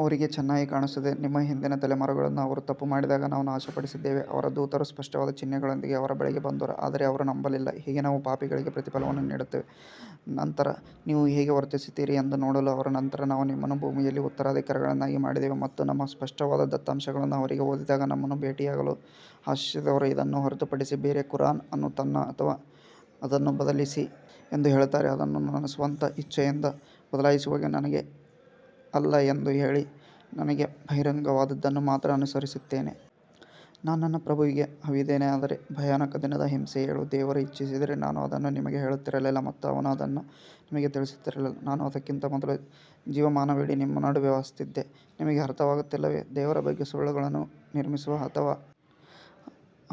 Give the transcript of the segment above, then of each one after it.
ಅವರಿಗೆ ಚೆನ್ನಾಗಿ ಕಾಣಿಸುತ್ತದೆ ನಿಮ್ಮ ಹಿಂದಿನ ತಲೆಮಾರುಗಳನ್ನು ಅವರು ತಪ್ಪು ಮಾಡಿದಾಗ ನಾವು ನಾಶಪಡಿಸಿದ್ದೇವೆ ಅವರ ದೂತರು ಸ್ಪಷ್ಟವಾದ ಚಿಹ್ನೆಗಳೊಂದಿಗೆ ಅವರ ಬಳಿಗೆ ಬಂದರು ಆದರೆ ಅವರು ನಂಬಲಿಲ್ಲ ಹೀಗೆ ನಾವು ಪಾಪಿಗಳಿಗೆ ಪ್ರತಿಫಲವನ್ನು ನೀಡುತ್ತೇವೆ. ನಂತರ ನೀವು ಹೇಗೆ ವರ್ತಿಸುತ್ತೀರಿ ಎಂದು ನೋಡಲು ಅವರ ನಂತರ ನಾವು ನಿಮ್ಮನ್ನು ಭೂಮಿಯಲ್ಲಿ ಉತ್ತರಾಧಿಕಾರಿಗಳನ್ನಾಗಿ ಮಾಡಿದೆವು ಮತ್ತು ನಮ್ಮ ಸ್ಪಷ್ಟವಾದ ದತ್ತಾಂಶಗಳನ್ನು ಅವರಿಗೆ ಓದಿದಾಗ, ನಮ್ಮನ್ನು ಭೇಟಿಯಾಗಲು ಆಶಿಸದವರು ಇದನ್ನು ಹೊರತುಪಡಿಸಿ ಬೇರೆ ಕುರಾನ್ ಅನ್ನು ತನ್ನಿ ಅಥವಾ ಅದನ್ನು ಬದಲಿಸಿ ಎಂದು ಹೇಳುತ್ತಾರೆ, ಅದನ್ನು ನನ್ನ ಸ್ವಂತ ಇಚ್ಛೆಯಿಂದ ಬದಲಾಯಿಸುವುದು ನನಗೆ ಅಲ್ಲ ಎಂದು ಹೇಳಿ ನನಗೆ ಬಹಿರಂಗವಾದದ್ದನ್ನು ಮಾತ್ರ ಅನುಸರಿಸುತ್ತೇನೆ. ನಾನು ನನ್ನ ಪ್ರಭುವಿಗೆ ಅವಿಧೇಯನಾದರೆ ಭಯಾನಕ ದಿನದ ಹಿಂಸೆ ಹೇಳು ದೇವರು ಇಚ್ಛಿಸಿದ್ದರೆ ನಾನು ಅದನ್ನು ನಿಮಗೆ ಹೇಳುತ್ತಿರಲಿಲ್ಲ ಮತ್ತು ಅವನು ಅದನ್ನು ನಿಮಗೆ ತಿಳಿಸುತ್ತಿರಲಿಲ್ಲ ನಾನು ಅದಕ್ಕಿಂತ ಮೊದಲು ಜೀವಮಾನವಿಡೀ ನಿಮ್ಮ ನಡುವೆ ವಾಸಿಸುತ್ತಿದ್ದೆ ನಿಮಗೆ ಅರ್ಥವಾಗುತ್ತಿಲ್ಲವೇ? ದೇವರ ಬಗ್ಗೆ ಸುಳ್ಳುಗಳನ್ನು ನಿರ್ಮಿಸುವ ಅಥವಾ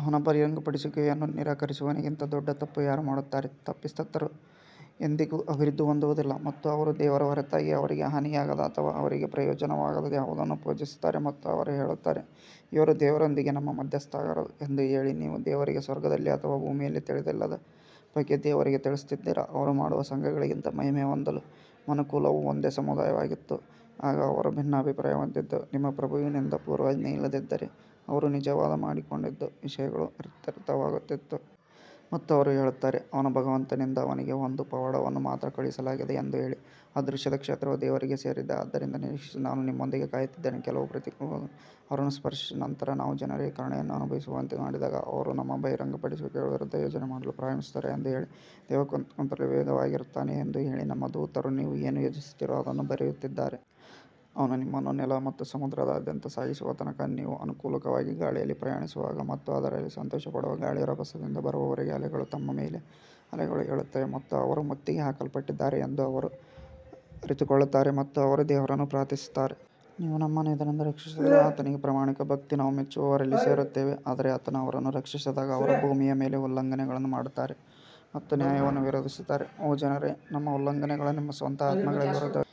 ಅವನ ಬಹಿರಂಗಪಡಿಸುವಿಕೆಯನ್ನು ನಿರಾಕರಿಸುವವನಿಗಿಂತ ದೊಡ್ಡ ತಪ್ಪು ಯಾರು ಮಾಡುತ್ತಾರೆ, ತಪ್ಪಿತಸ್ಥರು ಎಂದಿಗೂ ಅಭಿವೃದ್ಧಿ ಹೊಂದುವುದಿಲ್ಲ ಮತ್ತು ಅವರು ದೇವರ ಹೊರತಾಗಿ ಅವರಿಗೆ ಹಾನಿಯಾಗದ ಅಥವಾ ಅವರಿಗೆ ಪ್ರಯೋಜನವಾಗದ ಯಾವುದನ್ನೂ ಪೂಜಿಸುತ್ತಾರೆ ಮತ್ತು ಅವರು ಹೇಳುತ್ತಾರೆ ಇವರು ದೇವರೊಂದಿಗೆ ನಮ್ಮ ಮಧ್ಯಸ್ಥಗಾರರು ಎಂದು ಹೇಳಿ, ನೀವು ದೇವರಿಗೆ ಸ್ವರ್ಗದಲ್ಲಿ ಅಥವಾ ಭೂಮಿಯಲ್ಲಿ ತಿಳಿದಿಲ್ಲದ ಬಗ್ಗೆ ದೇವರಿಗೆ ತಿಳಿಸುತ್ತಿದ್ದೀರಾ ಅವರು ಮಾಡುವ ಸಂಘಗಳಿಗಿಂತ ಮಹಿಮೆ ಹೊಂದಲಿ ಮನುಕುಲವು ಒಂದೇ ಸಮುದಾಯವಾಗಿತ್ತು ಆಗ ಅವರು ಭಿನ್ನಾಭಿಪ್ರಾಯ ಹೊಂದಿದ್ದರು, ನಿಮ್ಮ ಪ್ರಭುವಿನಿಂದ ಪೂರ್ವಾಜ್ಞೆ ಇಲ್ಲದಿದ್ದರೆ ಅವರು ವಿವಾದ ಮಾಡಿಕೊಂಡಿದ್ದ ವಿಷಯಗಳು ಇತ್ಯರ್ಥವಾಗುತ್ತಿತ್ತು. ಮತ್ತು ಅವರು ಹೇಳುತ್ತಾರೆ, ಅವನ ಭಗವಂತನಿಂದ ಅವನಿಗೆ ಒಂದು ಪವಾಡವನ್ನು ಮಾತ್ರ ಕಳುಹಿಸಲಾಗಿದೆ ಎಂದು ಹೇಳಿ, ಅದೃಶ್ಯದ ಕ್ಷೇತ್ರವು ದೇವರಿಗೆ ಸೇರಿದೆ ಆದ್ದರಿಂದ ನಿರೀಕ್ಷಿಸಿ ನಾನು ನಿಮ್ಮೊಂದಿಗೆ ಕಾಯುತ್ತಿದ್ದೇನೆ. ಕೆಲವು ಪ್ರತಿಕೂಲತೆಗಳು ಅವರನ್ನು ಸ್ಪರ್ಶಿಸಿದ ನಂತರ ನಾವು ಜನರಿಗೆ ಕರುಣೆಯನ್ನು ಅನುಭವಿಸುವಂತೆ ಮಾಡಿದಾಗ ಅವರು ನಮ್ಮ ಬಹಿರಂಗಪಡಿಸುವಿಕೆಗಳ ವಿರುದ್ಧ ಯೋಜನೆ ಮಾಡಲು ಪ್ರಾರಂಭಿಸುತ್ತಾರೆ ಎಂದು ಹೇಳಿ, ದೇವರು ಕುತಂತ್ರದಲ್ಲಿ ವೇಗವಾಗಿರುತ್ತಾನೆ ಎಂದು ಹೇಳಿ ನಮ್ಮ ದೂತರು ನೀವು ಏನು ಯೋಜಿಸುತ್ತೀರೋ ಅದನ್ನು ಬರೆಯುತ್ತಿದ್ದಾರೆ. ಅವನು ನಿಮ್ಮನ್ನು ನೆಲ ಮತ್ತು ಸಮುದ್ರದಾದ್ಯಂತ ಸಾಗಿಸುವ ತನಕ, ನೀವು ಅನುಕೂಲಕರವಾದ ಗಾಳಿಯಲ್ಲಿ ಪ್ರಯಾಣಿಸುವಾಗ ಮತ್ತು ಅದರಲ್ಲಿ ಸಂತೋಷಪಡುವ ಗಾಳಿಯು ರಭಸದಿಂದ ಬರುವವರೆಗೆ ಅಲೆಗಳು ತಮ್ಮ ಮೇಲೆ ಅಲೆಗಳು ಏಳುತ್ತವೆ ಮತ್ತು ಅವರು ಮುತ್ತಿಗೆ ಹಾಕಲ್ಪಟ್ಟಿದ್ದಾರೆ ಎಂದು ಅವರು ಅರಿತುಕೊಳ್ಳುತ್ತಾರೆ ಮತ್ತು ಅವರು ದೇವರನ್ನು ಪ್ರಾರ್ಥಿಸುತ್ತಾರೆ. ನೀವು ನಮ್ಮನ್ನು ಇದರಿಂದ ರಕ್ಷಿಸಿದರೆ ಆತನಿಗೆ ಪ್ರಾಮಾಣಿಕ ಭಕ್ತಿ ನಾವು ಮೆಚ್ಚುವವರಲ್ಲಿ ಸೇರುತ್ತೇವೆ ಆದರೆ ಆತನು ಅವರನ್ನು ರಕ್ಷಿಸಿದಾಗ ಅವರು ಭೂಮಿಯ ಮೇಲೆ ಉಲ್ಲಂಘನೆಗಳನ್ನು ಮಾಡುತ್ತಾರೆ ಮತ್ತು ನ್ಯಾಯವನ್ನು ವಿರೋಧಿಸುತ್ತಾರೆ ಓ ಜನರೇ ನಿಮ್ಮ ಉಲ್ಲಂಘನೆಗಳು ನಿಮ್ಮ ಸ್ವಂತ ಆತ್ಮಗಳಿಗೆ ವಿರುದ್ಧವಾಗಿವೆ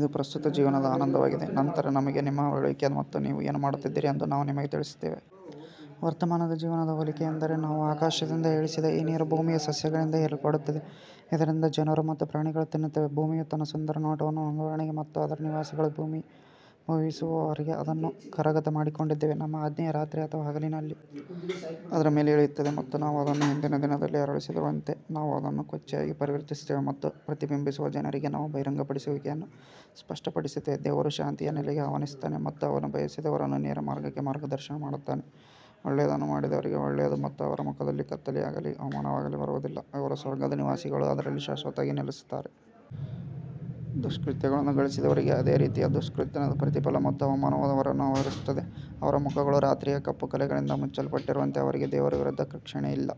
ಇದು ಪ್ರಸ್ತುತ ಜೀವನದ ಆನಂದವಾಗಿದೆ ನಂತರ ನಮಗೆ ನಿಮ್ಮ ಮರಳುವಿಕೆ ಮತ್ತು ನೀವು ಏನು ಮಾಡುತ್ತಿದ್ದೀರಿ ಎಂದು ನಾವು ನಿಮಗೆ ತಿಳಿಸುತ್ತೇವೆ. ವರ್ತಮಾನದ ಜೀವನದ ಹೋಲಿಕೆಯೆಂದರೆ ನಾವು ಆಕಾಶದಿಂದ ಇಳಿಸಿದ ಈ ನೀರು ಭೂಮಿಯ ಸಸ್ಯಗಳಿಂದ ಹೀರಲ್ಪಡುತ್ತದೆ, ಇದರಿಂದ ಜನರು ಮತ್ತು ಪ್ರಾಣಿಗಳು ತಿನ್ನುತ್ತವೆ, ಭೂಮಿಯು ತನ್ನ ಸುಂದರ ನೋಟವನ್ನು ಹೊಂದುವವರೆಗೆ ಮತ್ತು ಅದರ ನಿವಾಸಿಗಳು ಭಾವಿಸುವವರೆಗೆ ಅದನ್ನು ಕರಗತ ಮಾಡಿಕೊಂಡಿದ್ದೇವೆ ನಮ್ಮ ಆಜ್ಞೆಯು ರಾತ್ರಿ ಅಥವಾ ಹಗಲಿನಲ್ಲಿ ಅದರ ಮೇಲೆ ಇಳಿಯುತ್ತದೆ ಮತ್ತು ನಾವು ಅದನ್ನು ಹಿಂದಿನ ದಿನದಲ್ಲಿ ಅರಳಿಸದಿರುವಂತೆ ನಾವು ಅದನ್ನು ಕೊಚ್ಚೆಯಾಗಿ ಪರಿವರ್ತಿಸುತ್ತೇವೆ ಮತ್ತು ಪ್ರತಿಬಿಂಬಿಸುವ ಜನರಿಗೆ ನಾವು ಬಹಿರಂಗಪಡಿಸುವಿಕೆಯನ್ನು ಸ್ಪಷ್ಟಪಡಿಸುತ್ತೇವೆ ದೇವರು ಶಾಂತಿಯ ನೆಲೆಗೆ ಆಹ್ವಾನಿಸುತ್ತಾನೆ ಮತ್ತು ಅವನು ಬಯಸಿದವರನ್ನು ನೇರ ಮಾರ್ಗಕ್ಕೆ ಮಾರ್ಗದರ್ಶನ ಮಾಡುತ್ತಾನೆ ಒಳ್ಳೆಯದನ್ನು ಮಾಡಿದವರಿಗೆ ಒಳ್ಳೆಯದು ಮತ್ತು ಅವರ ಮುಖದಲ್ಲಿ ಕತ್ತಲೆಯಾಗಲೀ ಅವಮಾನವಾಗಲೀ ಬರುವುದಿಲ್ಲ, ಇವರು ಸ್ವರ್ಗದ ನಿವಾಸಿಗಳು ಅದರಲ್ಲಿ ಶಾಶ್ವತವಾಗಿ ನೆಲೆಸುತ್ತಾರೆ. ದುಷ್ಕೃತ್ಯಗಳನ್ನು ಗಳಿಸಿದವರಿಗೆ ಅದೇ ರೀತಿಯ ದುಷ್ಟತನದ ಪ್ರತಿಫಲ ಮತ್ತು ಅವಮಾನವು ಅವರನ್ನು ಆವರಿಸುತ್ತದೆ, ಅವರ ಮುಖಗಳು ರಾತ್ರಿಯ ಕಪ್ಪು ಕಲೆಗಳಿಂದ ಮುಚ್ಚಲ್ಪಟ್ಟಿರುವಂತೆ ಅವರಿಗೆ ದೇವರ ವಿರುದ್ಧ ರಕ್ಷಣೆಯಿಲ್ಲ..